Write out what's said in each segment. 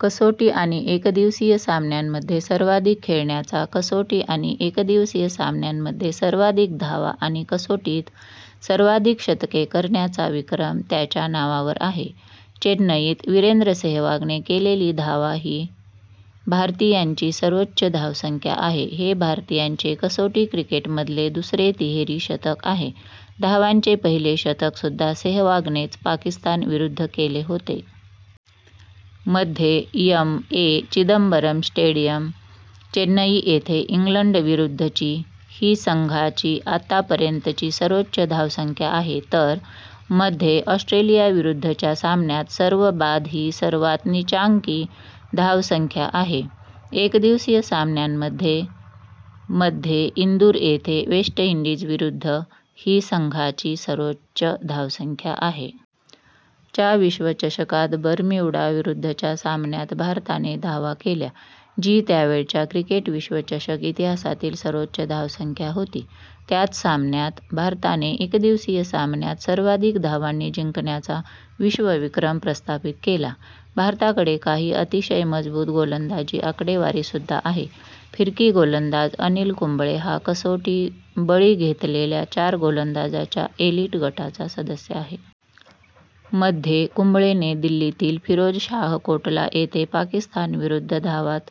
कसोटी आणि एकदिवसीय सामन्यांमध्ये सर्वाधिक खेळण्याचा, कसोटी आणि एकदिवसीय सामन्यांमध्ये सर्वाधिक धावा आणि कसोटीत सर्वाधिक शतके करण्याचा विक्रम त्याच्या नावावर आहे. चेन्नईत वीरेंद्र सेहवागने केलेली धावा ही भारतीयांची सर्वोच्च धावसंख्या आहे. हे भारतीयाचे कसोटी क्रिकेटमधले दुसरे तिहेरी शतक आहे, धावांचे पहिले शतक सुद्धा सेहवागनेच पाकिस्तान विरुद्ध केले होते. मध्ये M. A. Chidambaram stadium, Chennai येथे इंग्लंड विरुद्धची / ही संघाची आतापर्यंतची सर्वोच्च धावसंख्या आहे, तर मध्ये ऑस्ट्रेलियाविरुद्धच्या सामन्यात सर्वबाद ही सर्वात नीचांकी धावसंख्या आहे. एकदिवसीय सामन्यांमध्ये, - मध्ये इंदूर येथे वेस्ट इंडीजविरुद्ध / ही संघाची सर्वोच्च धावसंख्या आहे. च्या विश्वचषकात बर्म्युडा विरुद्धच्या सामन्यात भारताने / धावा केल्या, जी त्यावेळच्या क्रिकेट विश्वचषक इतिहासातील सर्वोच्च धावसंख्या होती. त्याच सामन्यात, भारताने एकदिवसीय सामन्यात सर्वाधिक धावांनी जिंकण्याचा विश्वविक्रम प्रस्थापित केला. भारताकडे काही अतिशय मजबूत गोलंदाजी आकडेवारीसुद्धा आहे, फिरकी गोलंदाज अनिल कुंबळे हा कसोटी बळी घेतलेल्या चार गोलंदाजांच्या एलिट गटाचा सदस्य आहे. मध्ये, कुंबळेने दिल्लीतील फिरोजशाह कोटला येथे पाकिस्तानविरुद्ध धावांत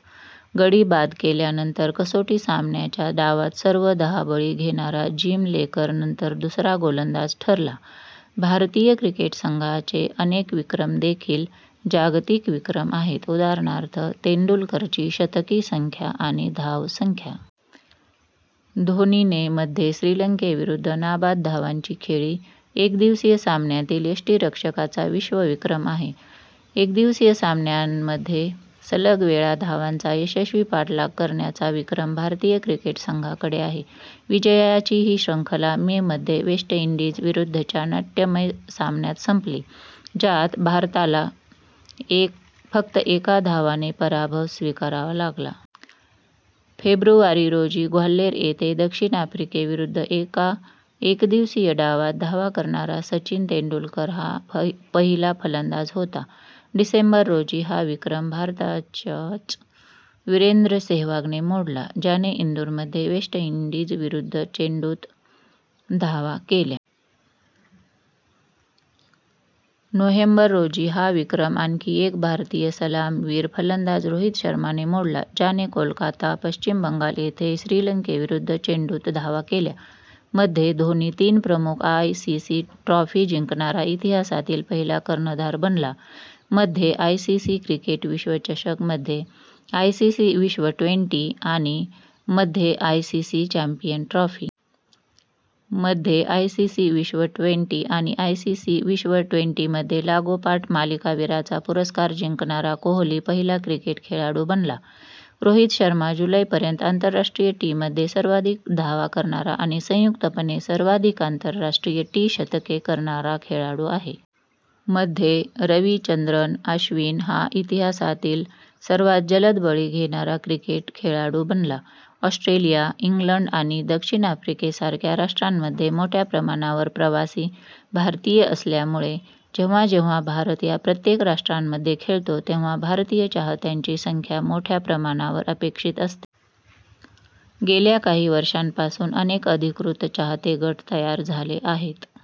गडी बाद केल्यानंतर कसोटी सामन्याच्या डावात सर्व दहा बळी घेणारा जिम लेकर नंतर दुसरा गोलंदाज ठरला. भारतीय क्रिकेट संघाचे अनेक विक्रम देखील जागतिक विक्रम आहेत, उदाहरणार्थ तेंडुलकरची शतकी संख्या आणि धावसंख्या. धोनीने मध्ये श्रीलंकेविरुद्ध नाबाद धावांची खेळी ही एकदिवसीय सामन्यातील यष्टिरक्षकाचा विश्वविक्रम आहे. एकदिवसीय सामन्यांमध्ये सलग वेळा धावांचा यशस्वी पाठलाग करण्याचा विक्रम भारतीय क्रिकेट संघाकडे आहे. विजयाची ही शृंखला मे मध्ये वेस्ट इंडीज विरुद्धच्या नाट्यमय सामन्यात संपली, ज्यात भारताल फक्त एका धावाने पराभव स्वीकारावा लागला.। फेब्रुवारी रोजी ग्वाल्हेर येथे दक्षिण आफ्रिकेविरुद्ध एका एकदिवसीय डावात धावा करणारा सचिन तेंडुलकर हा पहिला फलंदाज होता. डिसेंबर रोजी, हा विक्रम भारताच्याच वीरेंद्र सेहवागने मोडला, ज्याने इंदूरमध्ये वेस्ट इंडीज विरुद्ध चेंडूंत धावा केल्या. नोव्हेंबर रोजी हा विक्रम आणखी एक भारतीय सलामीवीर फलंदाज रोहित शर्माने मोडला, ज्याने कोलकाता, पश्चिम बंगाल येथे श्रीलंकेविरुद्ध चेंडूंत धावा केल्या. मध्ये, धोनी तीन प्रमुख आयसीसी ट्रॉफी जिंकणारा इतिहासातील पहिला कर्णधार बनला- मध्ये आयसीसी क्रिकेट विश्वचषक, मध्ये आयसीसी विश्व ट्वेंटी आणि मध्ये आयसीसी चॅम्पियन्स ट्रॉफी. मध्ये, आयसीसी विश्व ट्वेंटी आणि आयसीसी विश्व ट्वेंटी मध्ये लागोपाठ मालिकावीराचा पुरस्कार जिंकणारा कोहली पहिला क्रिकेट खेळाडू बनला. रोहित शर्मा जुलै पर्यंत आंतरराष्ट्रीय टी मध्ये सर्वाधिक धावा करणारा आणि संयुक्तपणे सर्वाधिक आंतरराष्ट्रीय टी शतके करणारा खेळाडू आहे. मध्ये, रविचंद्रन अश्विन हा इतिहासातील सर्वात जलद बळी घेणारा क्रिकेट खेळाडू बनला. ऑस्ट्रेलिया, इंग्लंड आणि दक्षिण आफ्रिकेसारख्या राष्ट्रांमध्ये मोठ्या प्रमाणावर प्रवासी भारतीय असल्यामुळे, जेव्हा जेव्हा भारत या प्रत्येक राष्ट्रांमध्ये खेळतो तेव्हा भारतीय चाहत्यांची संख्या मोठ्या प्रमाणावर अपेक्षित असते. गेल्या काही वर्षांपासून अनेक अधिकृत चाहते गट तयार झाले आहेत.